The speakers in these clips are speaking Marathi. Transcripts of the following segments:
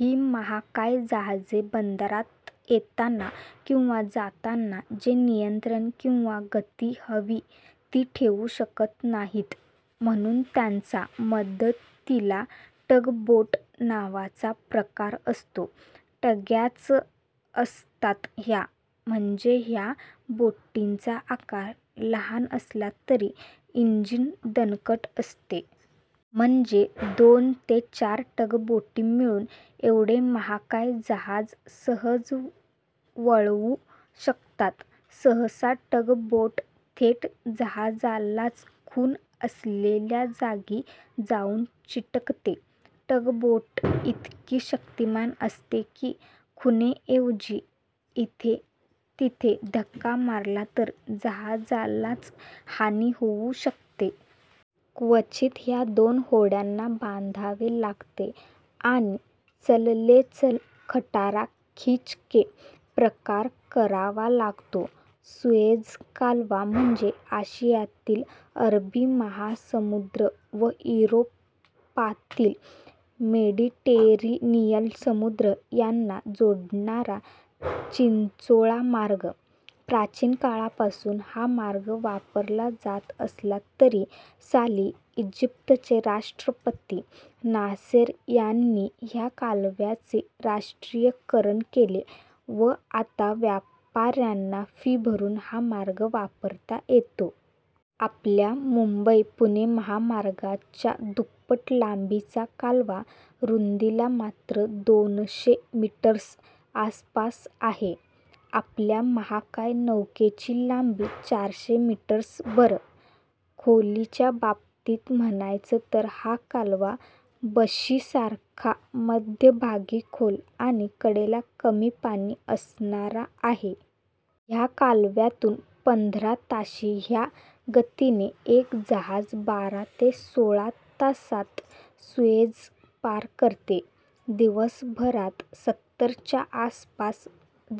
ही महाकाय जहाजे बंदरात येताना किंवा जाताना जे नियंत्रण किंवा गती हवी ती ठेवू शकत नाहीत. म्हणून त्यांचा मदतीला टग बोट नावाचा प्रकार असतो. टग्याच असतात ह्या म्हणजे ह्या बोटीचा आकार लहान असला तरी इंजिन दणकट असते. म्हणजे दोन ते चार टग बोटी मिळून एवढे महाकाय जहाज सहज वळवू शकतात. सहसा टग बोट थेट जहाजालाच खूण असलेल्या जागी जाऊन चिकटते. टग बोट इतकी शक्तिमान असते की खुणेऐवजी इथे तिथे धक्का मारला तर जहाजालाच हानी होऊ शकते. क्वचित ह्या दोन होड्यांना बांधावे लागते आणि 'चल ले चल खटारा खिंच के' प्रकार करावा लागतो. सुएझ कालवा म्हणजे आशियातील अरबी महासामुद्र व युरोपातील मेडीटेरेनियन समुद्र यांना जोडणारा चिंचोळा मार्ग. प्राचीन काळापासून हा मार्ग वापरला जात असला तरी साली ईजिप्तचे राष्ट्रपती नासेर यांनी ह्या कालव्याचे राष्ट्रीयकरण केले व आता व्यापाऱ्यांना फी भरून हा मार्ग वापरता येतो. आपल्या मुंबई-पुणे महामार्गाच्या दुप्पट लांबीचा कालवा रुंदीला मात्र दोनशे मीटर्स आसपास आहे. आपल्या महाकाय नौकेची लांबी चारशे मीटर्स बरं! खोलीच्या बाबतीत म्हणायचं तर हा कालवा बशीसारखा मध्यभागी खोल आणि कडेला कमी पाणी असणारा आहे. ह्या कालव्यातून पंधरा ताशी ह्या गतीने एक जहाज बारा ते सोळा तासात सुएझ पार करते. दिवसभरात सत्तर च्या आसपास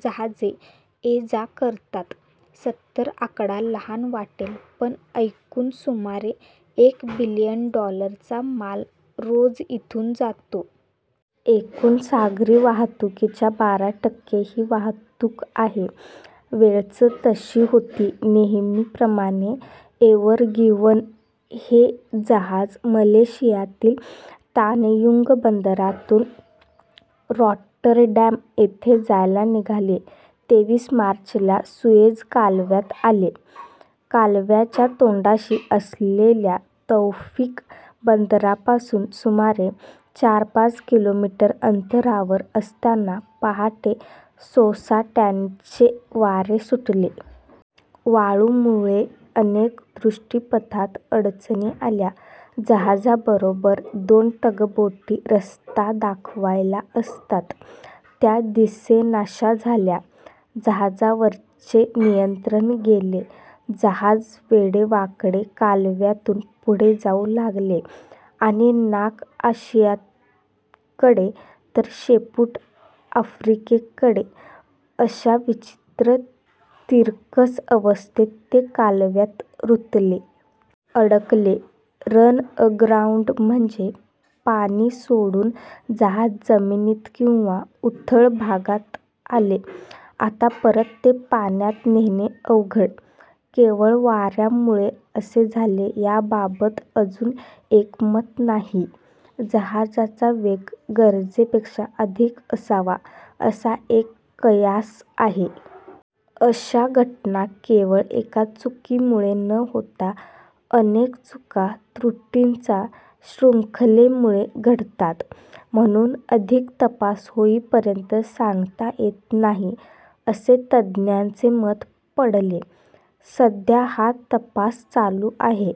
जहाजे ये-जा करतात. सत्तर आकडा लहान वाटेल पण एकूण सुमारे एक बिलियन डॉलरचा माल रोज इथून जातो. एकूण सागरी वाहतूकीच्या बारा टक्के ही वाहतूक आहे. ेळच तशी होती नेहमीप्रमाणे एव्हरगिव्हन हे जहाज मलेशियातील तानयुंग बंदरातून रॉटरडॅम येथे जायला निघाले. तेवीस मार्च ला सुएझ कालव्यात आले। कालव्याच्या तोंडाशी असलेल्या तौफीक बंदरापासून सुमारे चार-पाच किलोमीटर अंतरावर असताना पहाटे सोसाट्याचे वारे सुटले. वाळूमुळे अनेक दृष्टीपथात अडचणी आल्या, जहाजाबरोबर दोन टग बोटी रस्ता दाखवायला असतात त्या दिसेनाशा झाल्या. जहाजावरचे नियंत्रण गेले. जहाज वेडेवाकडे कालव्यातून पुढे जाऊ लागले. आणि नाक आशियाकडे तर शेपूट आफ्रिकेकडे अशा विचित्र तिरकस अवस्थेत ते कालव्यात रुतले. अडकले. "रन अग्राउंड" म्हणजे पाणी सोडून जहाज जमिनीत किंवा उथळ भागात आले. आता परत ते पाण्यात नेणे अवघड!! केवळ वाऱ्यामुळे असे झाले याबाबत अजून एकमत नाही. जहाजाचा वेग गरजेपेक्षा अधिक असावा असा एक कयास आहे. अशा घटना केवळ एका चुकीमुळे न होता अनेक चूका-त्रुटींचा शृखंलेमुळे घडतात. म्हणून अधिक तपास होईपर्यंत सांगता येत नाही असे तज्ज्ञांचे मत पडले. सध्या हा तपास चालू आहे.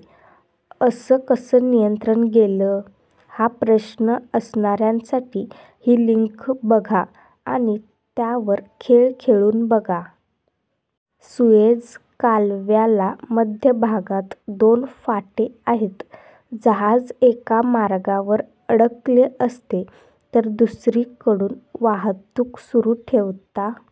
"असं कसं नियंत्रण गेलं? " हा प्रश्न असणाऱ्यांसाठी ही लिंक बघा आणि त्यावर खेळ खेळून बघा. सुएझ कालव्याला मध्यभागात दोन फाटे आहेत. जहाज एका मार्गावर अडकले असते तर दुसरीकडून वाहतूक सुरू ठेवता,--